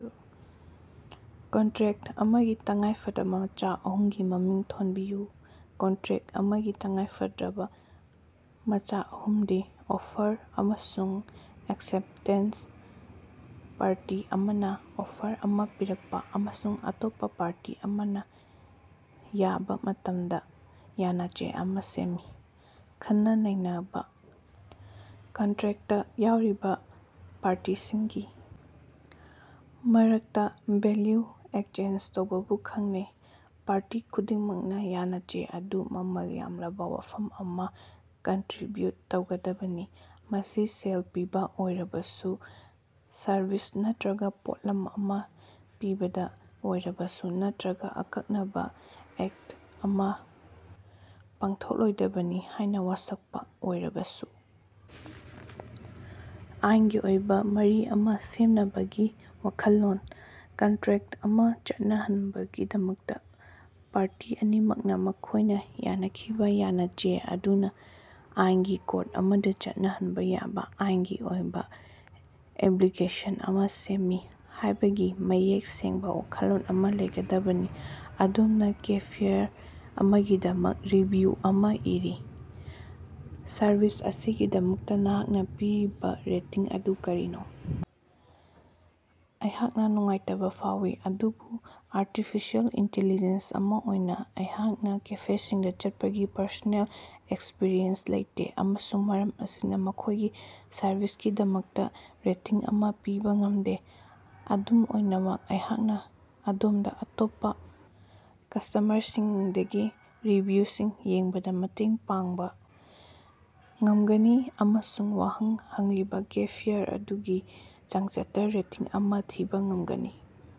Contract ꯑꯃꯒꯤ ꯇꯉꯥꯏꯐꯗꯕ ꯃꯆꯥꯛ ꯑꯍꯨꯝꯒꯤ ꯃꯃꯤꯡ ꯊꯣꯟꯕꯤꯌꯨ꯫ ꯀꯟꯇ꯭ꯔꯦꯛꯇ ꯑꯃꯒꯤ ꯇꯉꯥꯏꯐꯗꯕ ꯃꯆꯥꯛ ꯑꯍꯨꯝꯗꯤ: ꯑꯣꯐꯔ ꯑꯃꯁꯨꯡ ꯑꯦꯛꯁꯦꯞꯇꯦꯟꯁ: ꯄꯥꯔꯇꯤ ꯑꯃꯅ ꯑꯣꯐꯔ ꯑꯃ ꯄꯤꯔꯛꯄ ꯑꯃꯁꯨꯡ ꯑꯇꯣꯞꯄ ꯄꯥꯔꯇꯤ ꯑꯃꯅ ꯌꯥꯕ ꯃꯇꯝꯗ ꯌꯥꯅꯆꯦ ꯑꯃ ꯁꯦꯝꯃꯤ꯫ ꯈꯟꯅ-ꯅꯩꯅꯕ: ꯀꯟꯇ꯭ꯔꯦꯛꯇꯇꯥ ꯌꯥꯎꯔꯤꯕ ꯄꯥꯔꯇꯤꯁꯤꯡꯒꯤ ꯃꯔꯛꯇ ꯚꯦꯂ꯭ꯌꯨ ꯑꯦꯛꯁꯆꯦꯟꯖ ꯇꯧꯕꯕꯨ ꯈꯪꯅꯩ꯫ ꯄꯥꯔꯇꯤ ꯈꯨꯗꯤꯡꯃꯛꯅ ꯌꯥꯅꯆꯦ ꯑꯗꯨ ꯃꯃꯜ ꯌꯥꯝꯂꯕ ꯋꯥꯐꯝ ꯑꯃ ꯀꯟꯇ꯭ꯔꯤꯕ꯭ꯌꯨꯠ ꯇꯧꯒꯗꯕꯅꯤ, ꯃꯁꯤ ꯁꯦꯜ ꯄꯤꯕ ꯑꯣꯏꯔꯕꯁꯨ, ꯁꯔꯚꯤꯁ ꯅꯠꯇ꯭ꯔꯒ ꯄꯣꯠꯂꯝ ꯑꯃ ꯄꯤꯕꯗ ꯑꯣꯏꯔꯕꯁꯨ, ꯅꯠꯇ꯭ꯔꯒ ꯑꯀꯛꯅꯕ ꯑꯦꯛꯇ ꯑꯃ ꯄꯥꯡꯊꯣꯛꯂꯣꯏꯗꯕꯅꯤ ꯍꯥꯏꯅ ꯋꯥꯁꯛꯄ ꯑꯣꯏꯔꯕꯁꯨ꯫ ꯑꯥꯏꯟꯒꯤ ꯑꯣꯏꯕ ꯃꯔꯤ ꯑꯃ ꯁꯦꯝꯅꯕꯒꯤ ꯋꯥꯈꯜꯂꯣꯟ: ꯀꯟꯇ꯭ꯔꯦꯛꯇ ꯑꯃ ꯆꯠꯅꯍꯟꯅꯕꯒꯤꯗꯃꯛꯇ, ꯄꯥꯔꯇꯤ ꯑꯅꯤꯃꯛꯅꯥ ꯃꯈꯣꯏꯅ ꯌꯥꯅꯈꯤꯕ ꯌꯥꯅꯆꯦ ꯑꯗꯨꯅ ꯑꯥꯏꯟꯒꯤ ꯀꯣꯔꯠ ꯑꯃꯗ ꯆꯠꯅꯍꯟꯕ ꯌꯥꯕ ꯑꯥꯏꯟꯒꯤ ꯑꯣꯏꯕ ꯑꯣꯕ꯭ꯂꯤꯒꯦꯁꯟ ꯑꯃ ꯁꯦꯝꯃꯤ ꯍꯥꯏꯕꯒꯤ ꯃꯌꯦꯛ ꯁꯦꯡꯕ ꯋꯥꯈꯜꯂꯣꯟ ꯑꯃ ꯂꯩꯒꯗꯕꯅꯤ꯫ ꯑꯗꯣꯝꯅꯥ ꯀꯦꯐꯦꯌꯔ ꯑꯃꯒꯤꯗꯃꯛ ꯔꯤꯚꯤꯌꯨ ꯑꯃ ꯏꯔꯤ꯫ ꯁꯔꯚꯤꯁ ꯑꯁꯤꯒꯤꯗꯃꯛꯇ ꯅꯍꯥꯛꯅ ꯄꯤꯔꯤꯕ ꯔꯦꯇꯤꯡ ꯑꯗꯨ ꯀꯔꯤꯅꯣ? ꯑꯩꯍꯥꯛꯅ ꯅꯨꯡꯉꯥꯏꯇꯕ ꯐꯥꯎꯏ, ꯑꯗꯨꯕꯨ ꯑꯥꯔꯇꯤꯐꯤꯁꯤꯑꯦꯜ ꯏꯟꯇꯤꯂꯤꯖꯦꯟꯁ ꯑꯃ ꯑꯣꯏꯅ ꯑꯩꯍꯥꯛꯅ ꯀꯦꯐꯦꯁꯤꯡꯗ ꯆꯠꯄꯒꯤ ꯄꯔꯁꯣꯅꯦꯜ ꯑꯦꯛꯁꯄꯔꯤꯌꯦꯟꯁ ꯂꯩꯇꯦ ꯑꯃꯁꯨꯡ ꯃꯔꯝ ꯑꯁꯤꯅ ꯃꯈꯣꯏꯒꯤ ꯁꯔꯕꯤꯁꯀꯤꯗꯃꯛꯇ ꯔꯦꯇꯤꯡ ꯑꯃ ꯄꯤꯕ ꯉꯝꯗꯦ꯫ ꯑꯗꯨꯝ ꯑꯣꯏꯅꯃꯛ, ꯑꯩꯍꯥꯛꯅ ꯑꯗꯣꯝꯗ ꯑꯇꯣꯞꯄ ꯀꯁ꯭ꯇꯃꯔꯁꯤꯡꯗꯒꯤ ꯔꯤꯚꯤꯌꯨꯁꯤꯡ ꯌꯦꯡꯕꯗ ꯃꯇꯦꯡ ꯄꯥꯡꯕ ꯉꯝꯒꯅꯤ ꯑꯃꯁꯨꯡ ꯋꯥꯍꯪ ꯍꯪꯂꯤꯕ ꯀꯦꯐꯦꯌꯔ ꯑꯗꯨꯒꯤ ꯆꯥꯡꯆꯠꯇ ꯔꯦꯇꯤꯡ ꯑꯃ ꯊꯤꯕ ꯉꯝꯒꯅꯤ꯫